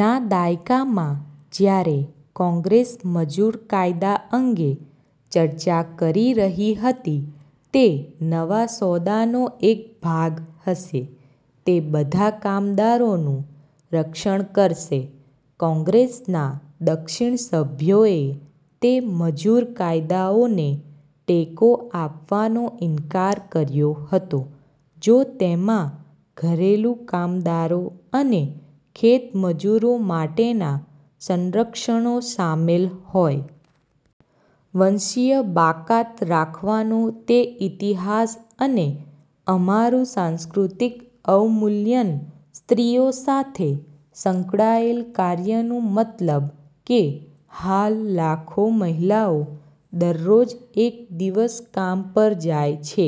ના દાયકામાં, જ્યારે કોંગ્રેસ મજૂર કાયદા અંગે ચર્ચા કરી રહી હતી તે નવા સોદાનો એક ભાગ હશે, તે બધા કામદારોનું રક્ષણ કરશે, કોંગ્રેસના દક્ષિણ સભ્યોએ તે મજૂર કાયદાઓને ટેકો આપવાનો ઇનકાર કર્યો હતો જો તેમાં ઘરેલું કામદારો અને ખેતમજૂરો માટેના સંરક્ષણો શામેલ હોય. વંશીય બાકાત રાખવાનો તે ઇતિહાસ અને અમારું સાંસ્કૃતિક અવમૂલ્યન સ્ત્રીઓ સાથે સંકળાયેલ કાર્યનું મતલબ કે હાલ લાખો મહિલાઓ દરરોજ એક દિવસ કામ પર જાય છે,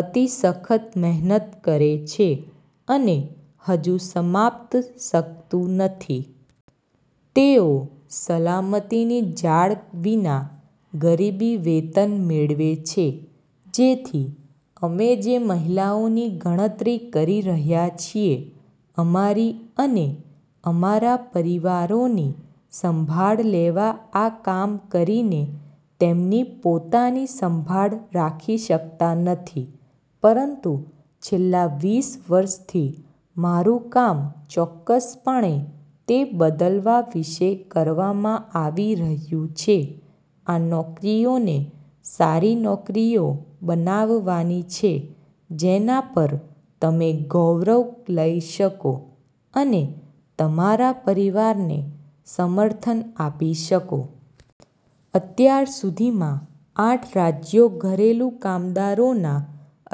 અતિ સખત મહેનત કરે છે અને હજુ સમાપ્ત શકતું નથી. તેઓ સલામતીની જાળ વિના ગરીબી વેતન મેળવે છે, જેથી અમે જે મહિલાઓની ગણતરી કરી રહ્યા છીએ અમારી અને અમારા પરિવારોની સંભાળ લેવા આ કામ કરીને, તેમની પોતાની સંભાળ રાખી શકતા નથી. પરંતુ છેલ્લા વીસ વર્ષથી મારું કામ ચોકકસપણે તે બદલવા વિશે કરવામાં આવી રહ્યું છે આ નોકરીઓને સારી નોકરીઓ બનાવવાની છે જેના પર તમે ગૌરવ લઇ શકો અને તમારા પરિવારને સમર્થન આપી શકો. અત્યાર સુધીમાં, આઠ રાજ્યો ઘરેલુ કામદારોના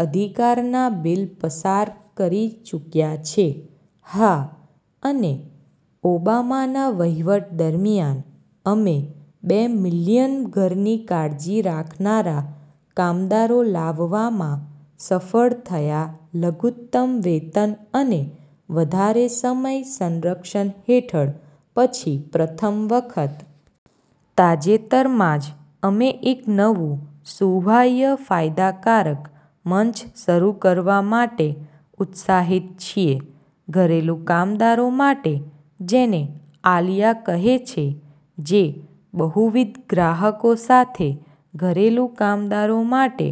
અધિકારના બીલ પસાર કરી ચૂક્યા છે. હા. અને ઓબામાના વહીવટ દરમિયાન, અમે બે મિલિયન ઘરની કાળજી રાખનારા કામદારો લાવવામાં સફળ થયા લઘુતમ વેતન અને વધારે સમય સંરક્ષણ હેઠળ પછી પ્રથમ વખત. તાજેતરમાં જ, અમે એક નવું સુવાહ્ય ફાયદાકારક મંચ શરૂ કરવા માટે ઉત્સાહિત છીએ ઘરેલું કામદારો માટે, જેને "આલિયા" કહે છે. જે બહુવિધ ગ્રાહકો સાથે ઘરેલું કામદારો માટે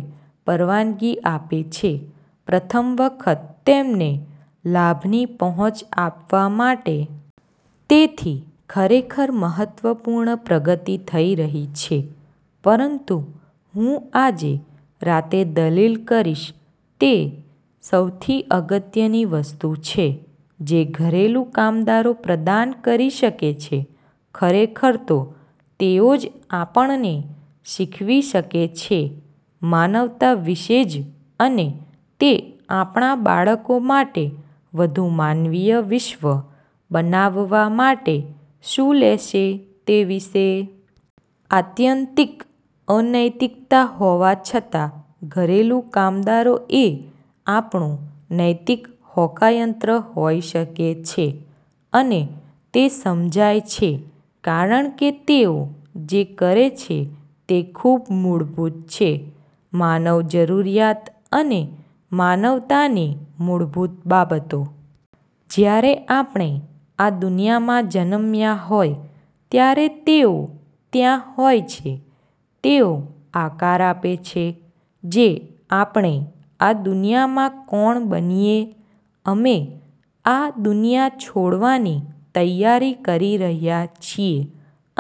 પરવાનગી આપે છે પ્રથમ વખત તેમને લાભની પહોંચ આપવા માટે. તેથી ખરેખર મહત્વપૂર્ણ પ્રગતિ થઈ રહી છે. પરંતુ હું આજે રાતે દલીલ કરીશ તે સૌથી અગત્યની વસ્તુ છે જે ઘરેલું કામદારો પ્રદાન કરી શકે છે ખરેખર તો તેઓ જ આપણને શીખવી શકે છે માનવતા વિશે જ અને તે આપણા બાળકો માટે વધુ માનવીય વિશ્વ બનાવવા માટે શું લેશે તે વિશે. આત્યંતિક અનૈતિકતા હોવા છતાં, ઘરેલું કામદારો એ આપણું નૈતિક હોકાયંત્ર હોઈ શકે છે. અને તે સમજાય છે, કારણ કે તેઓ જે કરે છે તે ખૂબ મૂળભૂત છે માનવ જરૂરિયાત અને માનવતાની મૂળભૂત બાબતો. જ્યારે આપણે આ દુનિયામાં જન્મ્યા હોય ત્યારે તેઓ ત્યાં હોય છે, તેઓ આકાર આપે છે જે આપણે આ દુનિયામાં કોણ બનીએ; અમે આ દુનિયા છોડવાની તૈયારી કરી રહ્યા છીએ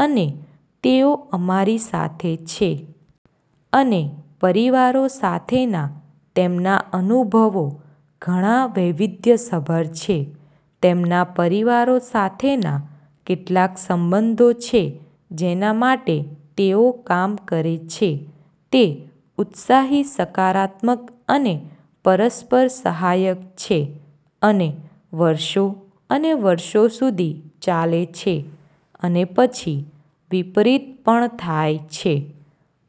અને તેઓ અમારી સાથે છે. અને પરિવારો સાથેના તેમના અનુભવો ઘણા વૈવિધ્યસભર છે. તેમના પરિવારો સાથેના કેટલાક સંબંધો છે જેના માટે તેઓ કામ કરે છે તે ઉત્સાહી સકારાત્મક અને પરસ્પર સહાયક છે અને વર્ષો અને વર્ષો સુધી ચાલે છે. અને પછી વિપરીત પણ થાય છે.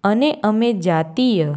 અને અમે જાતીય